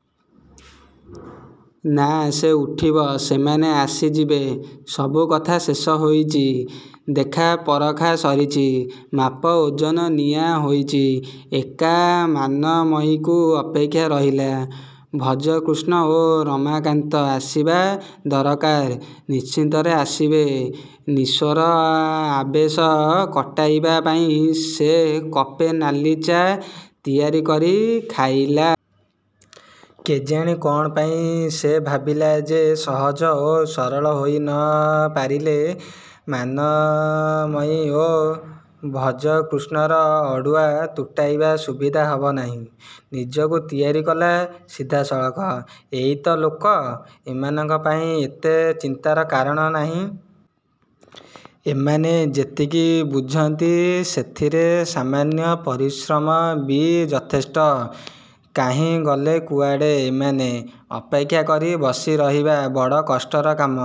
-ନା, ସେ ଉଠିବ। ସେମାନେ ଆସିଯିବେ। ସବୁ କଥା ଶେଷ ହୋଇଛି। ଦେଖା ପରଖା ସରିଛି। ମାପ ଓଜନ ନିଆ ହୋଇଛି। ଏକା ମାନମୟୀକୁ ଅପେକ୍ଷା ରହିଲା। ଭଜକୃଷ୍ଣ ଓ ରମାକାନ୍ତ ଆସିବା ଦରକାର-ନିଶ୍ଚିତରେ ଆସିବେ। ନିଶାର ଆବେଶ କଟାଇବା ପାଇଁ ସେ କପେ ନାଲି ଚା' ତିଆରି କରି ଖାଇଲା। କେଜାଣି କ'ଣ ପାଇଁ ସେ ଭାବିଲା ଯେ ସହଜ ଓ ସରଳ ହୋଇ ନ ପାରିଲେ ମାନମୟୀ ଓ ଭଜକୃଷ୍ଣର ଅଡ଼ୁଆ ତୁଟାଇବା ସୁବିଧା ହବ ନାହିଁ। ନିଜକୁ ତିଆରି କଲା-ସିଧା ସଳଖ। ଏଇ ତ ଲୋକ? ଏମାନଙ୍କ ପାଇଁ ଏତେ ଚିନ୍ତାର କାରଣ ନାହିଁ। ଏମାନେ ଯେତିକି ବୁଝନ୍ତି ସେଥିରେ ସାମାନ୍ୟ ପରିଶ୍ରମ ବି ଯଥେଷ୍ଟ। କାହିଁ ଗଲେ କୁଆଡ଼େ ଏମାନେ? ଅପେକ୍ଷାକରି ବସି ରହିବା ବଡ଼ କଷ୍ଟର କାମ।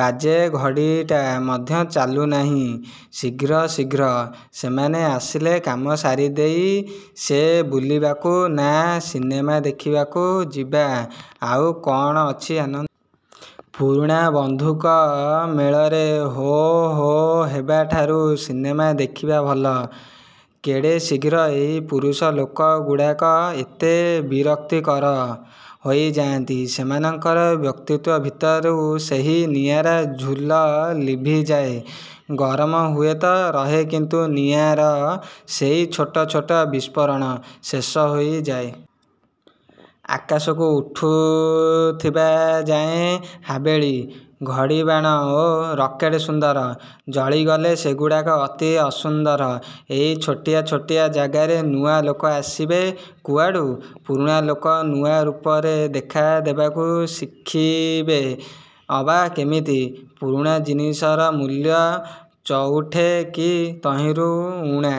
ବାଜେ ଘଡ଼ିଟା ମଧ୍ୟ ଚାଲୁନାହିଁ ଶୀଘ୍ର ଶୀଘ୍ର। ସେମାନେ ଆସିଲେ କାମ ସାରିଦେଇ ସେ ବୁଲିବାକୁ-ନା, ସିନେମା ଦେଖିବାକୁ-ଯିବ-। ଆଉ କ'ଣ ଅଛି ଆନନ୍ଦ? ପୁରୁଣା ବନ୍ଧୁଙ୍କ ମେଳରେ ହୋ ହୋ ହେବାଠାରୁ ସିନେମା ଦେଖିବା ଭଲ। କେଡ଼େ ଶୀଘ୍ର ଏହି ପୁରୁଷ ଲୋକଗୁଡ଼ାକ ଏତେ ବିରକ୍ତିକର ହୋଇଯାନ୍ତି। ସେମାନଙ୍କର ବ୍ୟକ୍ତିତ୍ୱ ଭିତରୁ ସେହି ନିଆଁର ଝୁଲ ଲିଭିଯାଏ। ଗରମ ହୁଏତ ରହେ କିନ୍ତୁ ନିଆଁର ସେହି ଛୋଟ ଛୋଟ ବିସ୍ଫୋରଣ ଶେଷ ହୋଇ ଯାଏ। ଆକାଶକୁ ଉଠୁଥିବା ଯାଏ ହାବେଳି, ଘଡ଼ିବାଣ ଓ ରକେଟ୍ ସୁନ୍ଦର। ଜଳିଗଲେ ସେଗୁଡ଼ାକ ଅତି ଅସୁନ୍ଦର। ଏହି ଛୋଟିଆ ଛୋଟିଆ ଜାଗାରେ ନୂଆ ଲୋକ ଆସିବେ କୁଆଡ଼ୁ? ପୁରୁଣା ଲୋକ ନୂଆ ରୂପରେ ଦେଖା ଦେବାକୁ ଶିଖିବେ ଅବା କେମିତି? ପୁରୁଣା ଜିନିଷର ମୂଲ୍ୟ ଚଉଠେ କି ତହିଁରୁ ଊଣା।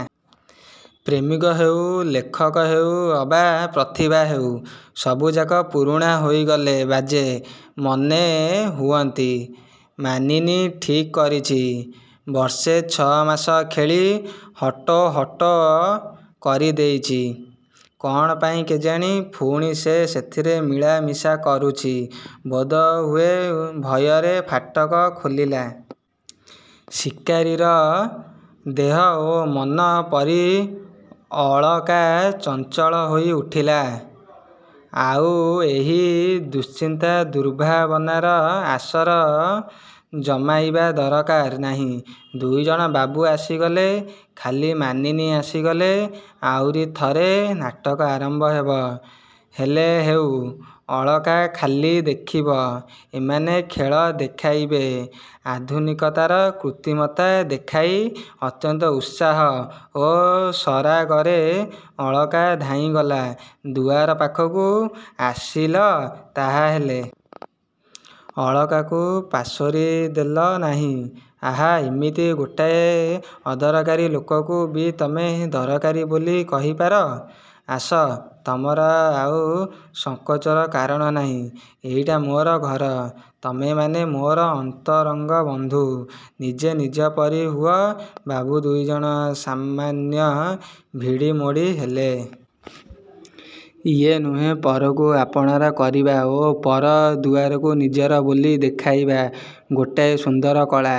ପ୍ରେମିକ ହେଉ, ଲେଖକ ହେଉ ଅବା ପ୍ରତିଭା ହେଉ-ସବୁଯାକ ପୁରୁଣା ହୋଇଗଲେ ବାଜେ ମନେ ହୁଅନ୍ତି। ମାନିନୀ ଠିକ୍ କରିଛି-। ବର୍ଷେ ଛ'ଅ ମାସ ଖେଳି ହଟୋ-ହଟୋ କରିଦେଇଛି। କ'ଣ ପାଇଁ କେଜାଣି ପୁଣି ସେ ସେଥିରେ ମିଳା ମିଶା କରୁଛି-ବୋଧହୁଏ ଭୟରେ। ଫାଟକ ଖୋଲିଲା। ଶିକାରୀର। ଦେହ ଓ ମନ ପରି ଅଳକା ଚଞ୍ଚଳହୋଇ ଉଠିଲା। ଆଉ ଏହି ଦୁଶ୍ଚିନ୍ତା-ଦୁର୍ଭାବନାର ଆସର ଜମାଇବା ଦରକାର ନାହିଁ। ଦୁଇଜଣ ବାବୁ ଆସିଗଲେ-ଖାଲି ମାନିନୀ ଆସିଗଲେ ଆଉରି ଥରେ ନାଟକ ଆରମ୍ଭ ହେବ। -ହେଲେ ହେଉ-ଅଳକା ଖାଲି ଦେଖିବ। ଏମାନେ ଖେଳ ଦେଖାଇବେ। ଆଧୁନିକତାର କୃତ୍ରିମତା ଦେଖାଇ ଅତ୍ୟନ୍ତ ଉତ୍ସାହ ଓ ସରାଗରେ ଅଳକା ଧାଇଁଗଲା ଦୁଆର ପାଖକୁ-ଆସିଲ ତାହାହେଲେ। ଅଳକାକୁ ପାଶୋରି ଦେଲ ନାହିଁ। ଆହା-ଏମିତି ଗୋଟାଏ ଅଦରକାରୀ ଲୋକକୁ ବି ତମେ ଦରକାରୀ ବୋଲି କହିପାର? -ଆସ। ତମର ଆଉ ସଂକୋଚର କାରଣ ନାହିଁ। ଏଇଟା ମୋର ଘର। ତମେମାନେ ମୋର ଅନ୍ତରଙ୍ଗ ବନ୍ଧୁ। ନିଜେ ନିଜ ପରି ହୁଅ। ବାବୁ ଦୁଇଜଣ ସାମାନ୍ୟ ଭିଡ଼ିମୋଡ଼ି ହେଲେ। -ଇଏ ନୁହଁ। ପରକୁ ଆପଣାର କରିବା ଓ ପର ଦୁଆରକୁ ନିଜର ବୋଲି ଦେଖାଇବା ଗୋଟାଏ ସୁନ୍ଦର କଳା।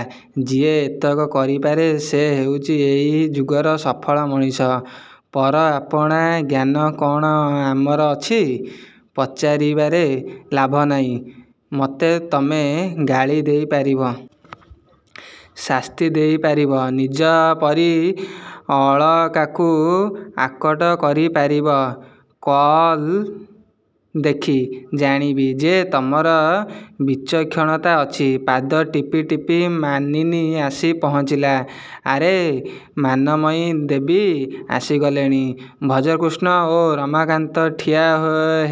ଯିଏ ଏତକ କରିପାରେ ସେ ହେଉଛି ଏହି ଯୁଗର ସଫଳ ମଣିଷ। -ପର ଆପଣା ଜ୍ଞାନ କ'ଣ ଆମର ଅଛି? -ପଚାରିବାରେ ଲାଭ ନାହିଁ। ମତେ ତମେ ଗାଳି ଦେଇପାରିବ? ଶାସ୍ତି ଦେଇପାରିବ-? ନିଜର ପରି ଅଳକାକୁ ଆକଟ କରି ପାରିବ? -କଲ ଦେଖି। ଜାଣିବି ଯେ ତମର ବିଚକ୍ଷଣତା ଅଛି। ପାଦ ଟିପି ଟିପି ମାନିନୀ ଆସି ପହଞ୍ଚିଲା। -ଆରେ ମାନମୟୀ ଦେବୀ ଆସିଗଲେଣି। ଭଜକୃଷ୍ଣ ଓ ରମାକାନ୍ତ ଠିଆ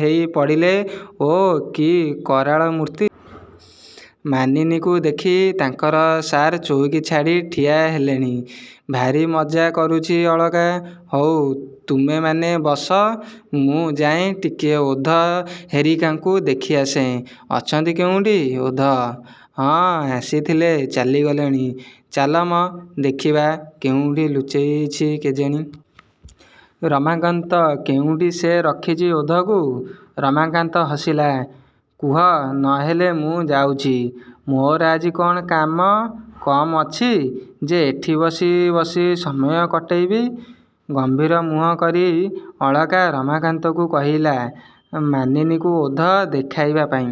ହେଇପଡ଼ିଲେ। -ଓଃ, କି କରାଳ ମୂର୍ତ୍ତି। ମାନିନୀକୁ ଦେଖି ତାଙ୍କର ସାର୍ ଚଉକୀ ଛାଡ଼ି ଠିଆ ହେଲେଣି-। -ଭାରି ମଜ୍ଜା କରୁଛି ଅଳକା। ହଉ ତୁମେମାନେ ବସ। ମୁଁ ଯାଏଁ ଟିକିଏ ଓଧ ହେରିକାଙ୍କୁ ଦେଖି ଆସେ। ଅଛନ୍ତି କେଉଁଠି? -ଓଧ? ହଁ ଆସିଥିଲେ ଚାଲିଗଲେଣି। -ଚାଲ ମ ଦେଖିବା। କେଉଁଠି ଲୁଚେଇଛି କେଜାଣି? -ରମାକାନ୍ତ, କେଉଁଠି ସେ ରଖିଛି ଓଧକୁ? ରମାକାନ୍ତ ହସିଲା। -କୁହ। ନହେଲେ ମୁଁ ଯାଉଛି। ମୋର ଆଜି କ'ଣ କାମ କମ୍ ଅଛି ଯେ ଏଠି ବସି ବସି ସମୟ କଟେଇବି? ଗମ୍ଭୀର ମୁହଁ କରି ଅଳକା ରମାକାନ୍ତକୁ କହିଲା ମାନିନୀକୁ ଓଧ ଦେଖାଇବା ପାଇଁ।